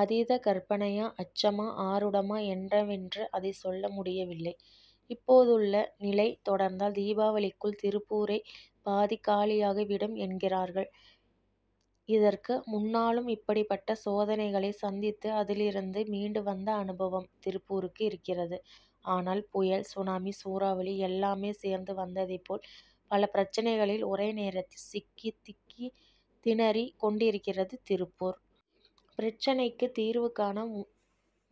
அதீத கற்பனையா, அச்சமா, ஆரூடமா என்னவென்று அதைச் சொல்ல முடிய வில்லை; இப்போதுள்ள நிலை தொடர்ந்தால், தீபாவளிக்குள் திருப்பூரே பாதி காலியாகி விடும் என்கிறார்கள். இதற்கு முன்னாலும் இப்படிப்பட்ட சோதனைகளை சந்தித்து, அதிலிருந்து மீண்டு வந்த அனுபவம், திருப்பூருக்கு இருக்கிறது. ஆனால், புயல், சுனாமி, சூறாவளி எல்லாமே சேர்ந்து வந்ததைப் போல், பல பிரச்னைகளில் ஒரே நேரத்தில் சிக்கி, திக்கித்திணறிக் கொண்டிருக்கிறது திருப்பூர். பிரச்னைக்கு தீர்வு காண,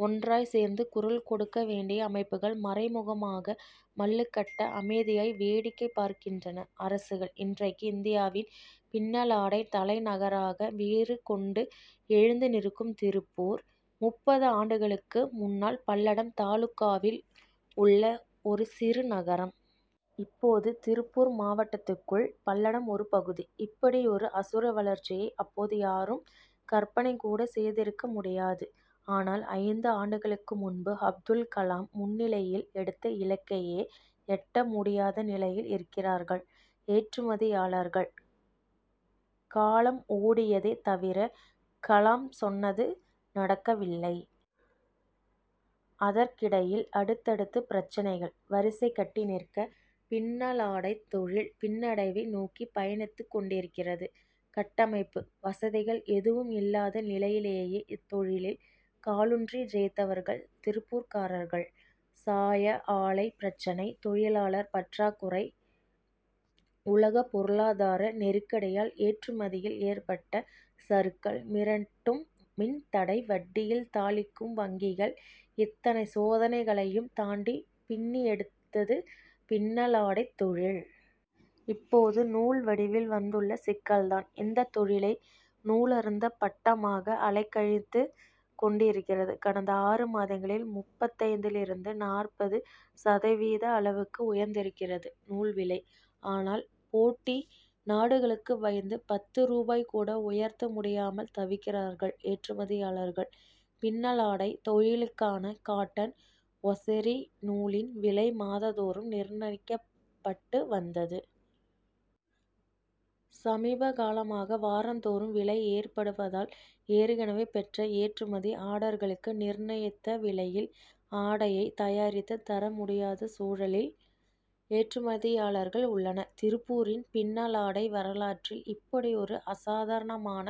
ஒன்றாய்ச் சேர்ந்து குரல் கொடுக்க வேண்டிய அமைப்புகள், மறைமுகமாக மல்லுக்கட்ட, அமைதியாய் வேடிக்கை பார்க்கின்றன அரசுகள். இன் றைக்கு இந்தியாவின் பின்னலாடைத் தலைநகராக வீறு கொண்டு எழுந்து நிற்கும் திருப்பூர், முப்பது ஆண்டுகளுக்கு முன்னால் பல்லடம் தாலுகாவில் உள்ள ஒரு சிறு நகரம். இப்போது திருப்பூர் மாவட்டத்துக்குள் பல்லடம் ஒரு பகுதி. இப்படியொரு அசுர வளர்ச்சியை, அப்போது யாரும் கற்பனை கூட செய்திருக்க முடியாது. ஆனால், ஐந்து ஆண்டுகளுக்கு முன்பு, அப்துல் கலாம் முன்னிலையில் எடுத்த இலக்கையே எட்ட முடியாத நிலையில் இருக்கிறார்கள் ஏற்றுமதியாளர்கள். காலம் ஓடியதே தவிர, கலாம் சொன்னது நடக்கவில்லை. அதற்கிடையில், அடுத்தடுத்து பிரச்னைகள் வரிசை கட்டி நிற்க, பின்னலாடைத் தொழில் பின்னடைவை நோக்கி பயணித்துக் கொண்டிருக்கிறது. கட்டமைப்பு வசதிகள் எதுவும் இல்லாத நிலையிலேயே, இத்தொழிலில் காலூன்றி ஜெயித்தவர்கள் திருப்பூர்காரர்கள். சாய ஆலைப் பிரச்னை, தொழிலாளர் பற்றாக்குறை, உலக பொருளாதார நெருக்கடியால் ஏற்றுமதியில் ஏற்பட்ட சறுக்கல், மிரட்டும் மின் தடை, வட்டியில் தாளிக்கும் வங்கிகள்இத்தனை சோதனைகளையும் தாண்டி, பின்னி எடுத்தது பின்னலாடைத் தொழில். இப்போது நூல் வடிவில் வந்துள்ள சிக்கல்தான், இந்த தொழிலையே நூலறுந்த பட்டமாக அலைக்கழித்துக் கொண்டிருக்கிறது. கடந்த ஆறு மாதங்களில் முப்பத்தைந்திலிருந்து நாற்பது சதவீத அளவுக்கு உயர்ந்திருக்கிறது நூல் விலை. ஆனால், போட்டி நாடுகளுக்குப் பயந்து, பத்து ரூபாயைக் கூட உயர்த்த முடியாமல் தவிக்கிறார்கள் ஏற்றுமதியாளர்கள். பின்னலாடைத் தொழிலுக்கான காட்டன் ஒசைரி நூலின் விலை, மாதந்தோறும் நிர்ணயிக்கப்பட்டு வந்தது. சமீபகாலமாக, வாரந்தோறும் விலை ஏற்றப்படுவதால், ஏற்கனவே பெற்ற ஏற்றுமதி ஆர்டர்களுக்கு, நிர்ணயித்த விலையில், ஆடையைத் தயாரித்துத் தர முடியாத சூழலில் ஏற்றுமதியாளர்கள் உள்ளனர். திருப்பூரின் பின்னலாடை வரலாற்றில், இப்படியொரு அசாதாரணமான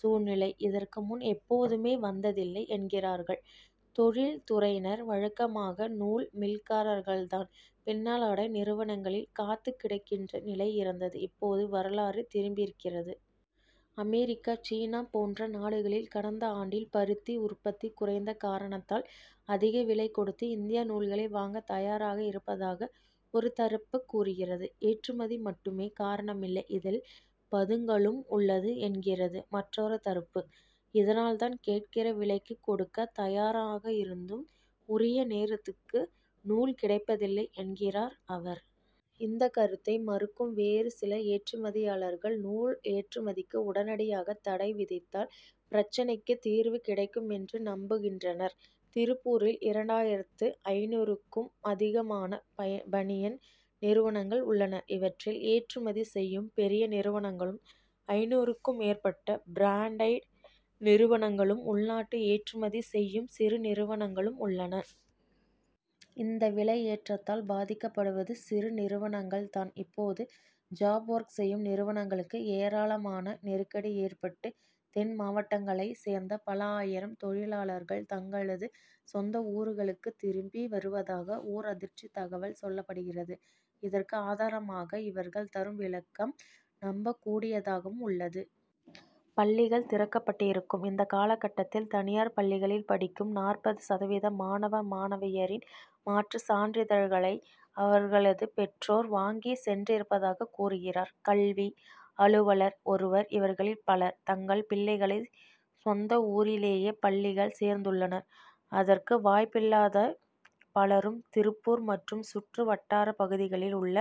சூழ்நிலை, இதற்கு முன் எப்போதுமே வந்ததில்லை என்கிறார்கள் தொழில்துறையினர். வழக்கமாக, நூல் மில்காரர்கள்தான், பின்னலாடை நிறுவனங்களில் காத்துக் கிடக்கின்ற நிலை இருந்தது; இப்போது வரலாறு திரும்பியிருக்கிறது. அமெரிக்கா, சீனா போன்ற நாடுகளில், கடந்த ஆண்டில் பருத்தி உற்பத்தி குறைந்த காரணத்தால், அதிக விலை கொடுத்து இந்திய நூல்களை வாங்கத் தயாராக இருப்பதாக ஒரு தரப்பு கூறுகிறது. ஏற்றுமதி மட்டுமே காரணமில்லை, இதில் பதுக்கலும் உள்ளது என்கிறது மற்றொரு தரப்பு. இதனால்தான், கேட்கிற விலையைக் கொடுக்கத் தயாராயிருந்தும் உரிய நேரத்துக்கு நூல் கிடைப்பதில்லை என்கிறார் அவர். இந்த கருத்தை மறுக்கும் வேறு சில ஏற்றுமதியாளர்கள், நூல் ஏற்றுமதிக்கு உடனடியாகத் தடை விதித்தால், பிரச்னைக்கு தீர்வு கிடைக்குமென்று நம்புகின்றனர். திருப்பூரில் இரண்டாயிரத்து ஐந்நூறுக்கும் அதிகமான பனியன் நிறுவனங்கள் உள்ளன. இவற்றில், ஏற்றுமதி செய்யும் பெரிய நிறுவனங்களும், ஐந்நூறுக்கும் மேற்பட்ட பிராண்டடு நிறுவனங்களும், உள்நாட்டு ஏற்றுமதி செய்யும் சிறு நிறுவனங்களும் உள்ளன. இந்த விலையேற்றத்தால், பாதிக்கப்படுவது சிறு நிறுவனங்கள்தான். இப்போதே ஜாப் ஒர்க் செய்யும் நிறுவனங்களுக்கு ஏராளமான நெருக்கடி ஏற்பட்டு, தென் மாவட்டங்களைச் சேர்ந்த பல ஆயிரம் தொழிலாளர்கள், தங்களது சொந்த ஊர்களுக்குத் திரும்பி வருவதாக ஓர் அதிர்ச்சித் தகவல் சொல்லப்படுகிறது. இதற்கு ஆதாரமாக இவர்கள் தரும் விளக்கம், நம்பக் கூடியதாகவும் உள்ளது. பள்ளிகள் திறக்கப்பட்டிருக்கும் இந்த காலகட்டத்தில், தனியார் பள்ளிகளில் படிக்கும் நாற்பது சதவீத மாணவ, மாணவியரின் மாற்று சான்றிதழ்களை அவர்களது பெற்றோர் வாங்கிச் சென்றிருப்பதாகக் கூறுகிறார் கல்வி அலுவலர் ஒருவர். இவர்களில் பலர், தங்கள் பிள்ளைகளை சொந்த ஊரிலேயே பள்ளியில் சேர்த்துள்ளனர். அதற்கு வாய்ப்பில்லாத பலரும், திருப்பூர் மற்றும் சுற்று வட்டாரப் பகுதிகளில் உள்ள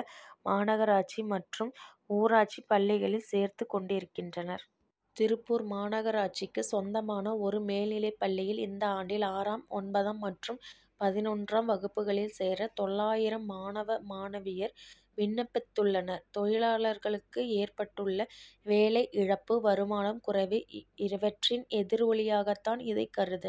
மாநகராட்சி மற்றும் ஊராட்சிப் பள்ளிகளில் சேர்த்துக் கொண்டிருக்கின்றனர். திருப்பூர் மாநகராட்சிக்குச் சொந்தமான ஒரு மேல்நிலைப்பள்ளியில், இந்த ஆண்டில் ஆறாம், ஒன்பதாம் மற்றும் பதினொன்றாம் வகுப்புகளில் சேர தொள்ளாயிரம் மாணவ, மாணவியர் விண்ணப்பித்துள்ளனர். தொழிலாளர்களுக்கு ஏற்பட்டுள்ள வேலை இழப்பு, வருமானம் குறைவு இவற்றின் எதிரொலியாகத்தான் இதைக் கருத